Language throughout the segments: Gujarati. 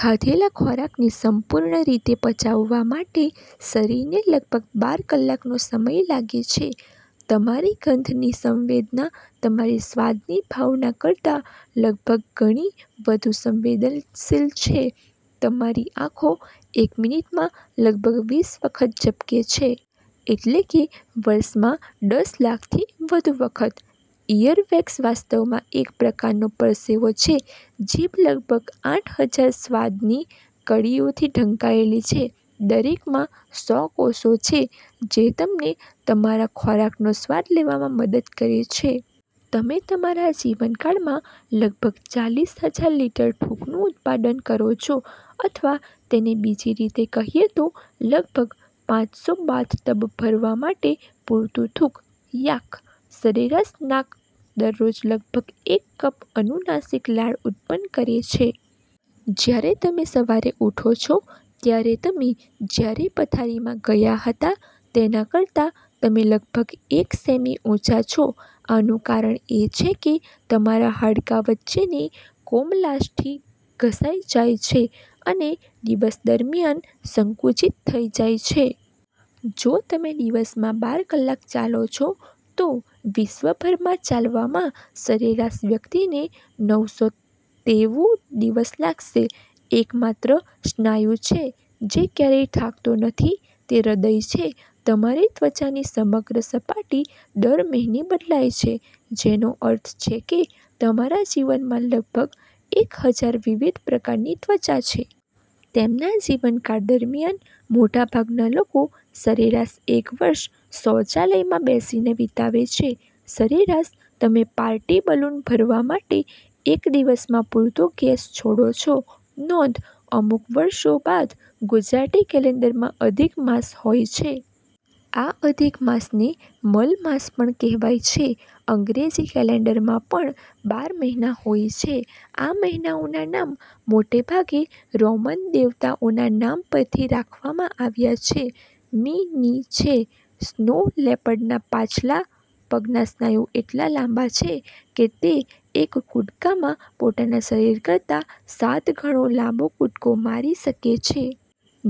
ખાધેલા ખોરાકને સંપૂર્ણ રીતે પચાવવા માટે શરીરને લગભગ બાર કલાકનો સમય લાગે છે. તમારી ગંધની સંવેદના તમારી સ્વાદની ભાવના કરતાં લગભગ ગણી વધુ સંવેદનશીલ છે. તમારી આંખો એક મિનિટમાં લગભગ વીસ વખત ઝબકે છે. એટલે કે વર્ષમાં દસ લાખથી વધુ વખત! ઇયરવેક્સ વાસ્તવમાં એક પ્રકારનો પરસેવો છે! જીભ લગભગ આઠહજાર સ્વાદની કળીઓથી ઢંકાયેલી છે, દરેકમાં સો કોષો છે જે તમને તમારા ખોરાકનો સ્વાદ લેવામાં મદદ કરે છે! તમે તમારા જીવનકાળમાં લગભગ ચાલીસહજાર લિટર થૂંકનું ઉત્પાદન કરો છો. અથવા તેને બીજી રીતે કહીએ તો, લગભગ પાંચસો બાથટબ ભરવા માટે પૂરતું થૂંક. યાક! સરેરાશ નાક દરરોજ લગભગ એક કપ અનુનાસિક લાળ ઉત્પન્ન કરે છે! જ્યારે તમે સવારે ઉઠો છો, ત્યારે તમે જ્યારે પથારીમાં ગયા હતા તેના કરતા તમે લગભગ એક સેમી ઉંચા છો. આનું કારણ એ છે કે તમારા હાડકાં વચ્ચેની કોમલાસ્થિ ઘસાઈ જાય છે અને દિવસ દરમિયાન સંકુચિત થઈ જાય છે. જો તમે દિવસમાં બાર કલાક ચાલો છો, તો વિશ્વભરમાં ચાલવામાં સરેરાશ વ્યક્તિને નવસોનેવું દિવસ લાગશે. એકમાત્ર સ્નાયુ જે ક્યારેય થાકતો નથી તે હૃદય છે. તમારી ત્વચાની સમગ્ર સપાટી દર મહિને બદલાય છે, જેનો અર્થ છે કે તમારા જીવનમાં લગભગ એક હજાર વિવિધ પ્રકારની ત્વચા છે! તેમના જીવનકાળ દરમિયાન, મોટાભાગના લોકો સરેરાશ એક વર્ષ શૌચાલયમાં બેસીને વિતાવે છે. સરેરાશ, તમે પાર્ટી બલૂન ભરવા માટે એક દિવસમાં પૂરતો ગેસ છોડો છો. નોંધ: અમુક વર્ષો બાદ, ગુજરાતી કેલેન્ડરમાં અધિક માસ હોય છે. આ અધિક માસને મલમાસ પણ કહેવાય છે. અંગ્રેજી કેલેન્ડરમાં પણ બાર મહિના હોય છે. આ મહિનાઓના નામ મોટાભાગે રોમન દેવતાઓના નામ પરથી રાખવામાં આવ્યા છે. મી. ની છે. સ્નો લેપર્ડના પાછલા પગના સ્નાયુ એટલા લાંબા છે કે તે એક કૂદકામાં પોતાના શરીર કરતા સાત ગણો લાંબો કૂદકો મારી શકે છે.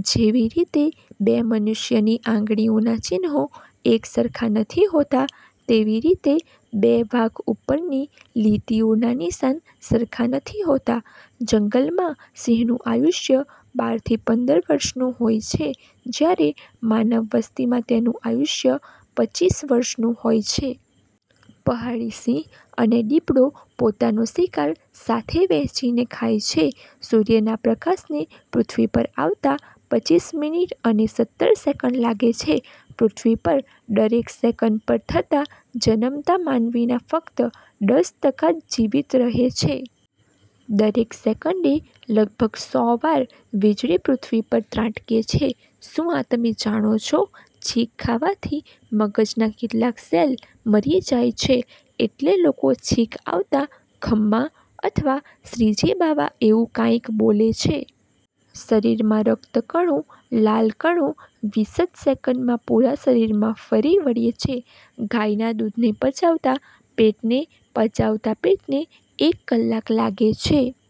જેવી રીતે બે મનુષ્યની આંગળીઓનાં ચિન્હો એક સરખા નથી હોતા તેવી રીતે બે વાઘ ઊપરની લીટીઓના નિશાન સરખા નથી હોતા. જંગલમાં સિંહનું અયુષ્ય બાર થી પંદર વર્ષનું હોય છે જ્યારે માનવ વસ્તિમાં તેનું આયુષ્ય પચીસ વર્ષનું હોય છે. પહાડી સિંહ અને દીપડો પોતાનો શિકાર સાથે વહેંચીને ખાય છે. સૂર્યના પ્રકાશને પૃથ્વી પર આવતા પચીસ મિનિટ અને સત્તર સેકંડ લાગે છે. પૃથ્વી પર દરેક સેકન્ડ પર થતા જનમતા માનવીના ફક્ત દસ ટકા જ જીવીત રહે છે. દરેક સેકંડે લગભગ સો વાર વીજળી પૃથ્વી પર ત્રાટકે છે. શું આ તમે જાણો છો? છીંક ખાવાથી મગજનાં કેટલાક સેલ મરી જાય છે, એટલે લોકો છીંક આવતા 'ખમ્મા' અથવા 'શ્રીજી બાવા' એવું કાંઈક બોલે છે. શરીરમાં રક્તકણો લાલ કણો વીસ જ સેકેંડમાં પૂરા શરીરમાં ફરી વળે છે. ગાયના દૂધને પચાવતા પેટને પચાવતા પેટને એક કલાક લાગે છે.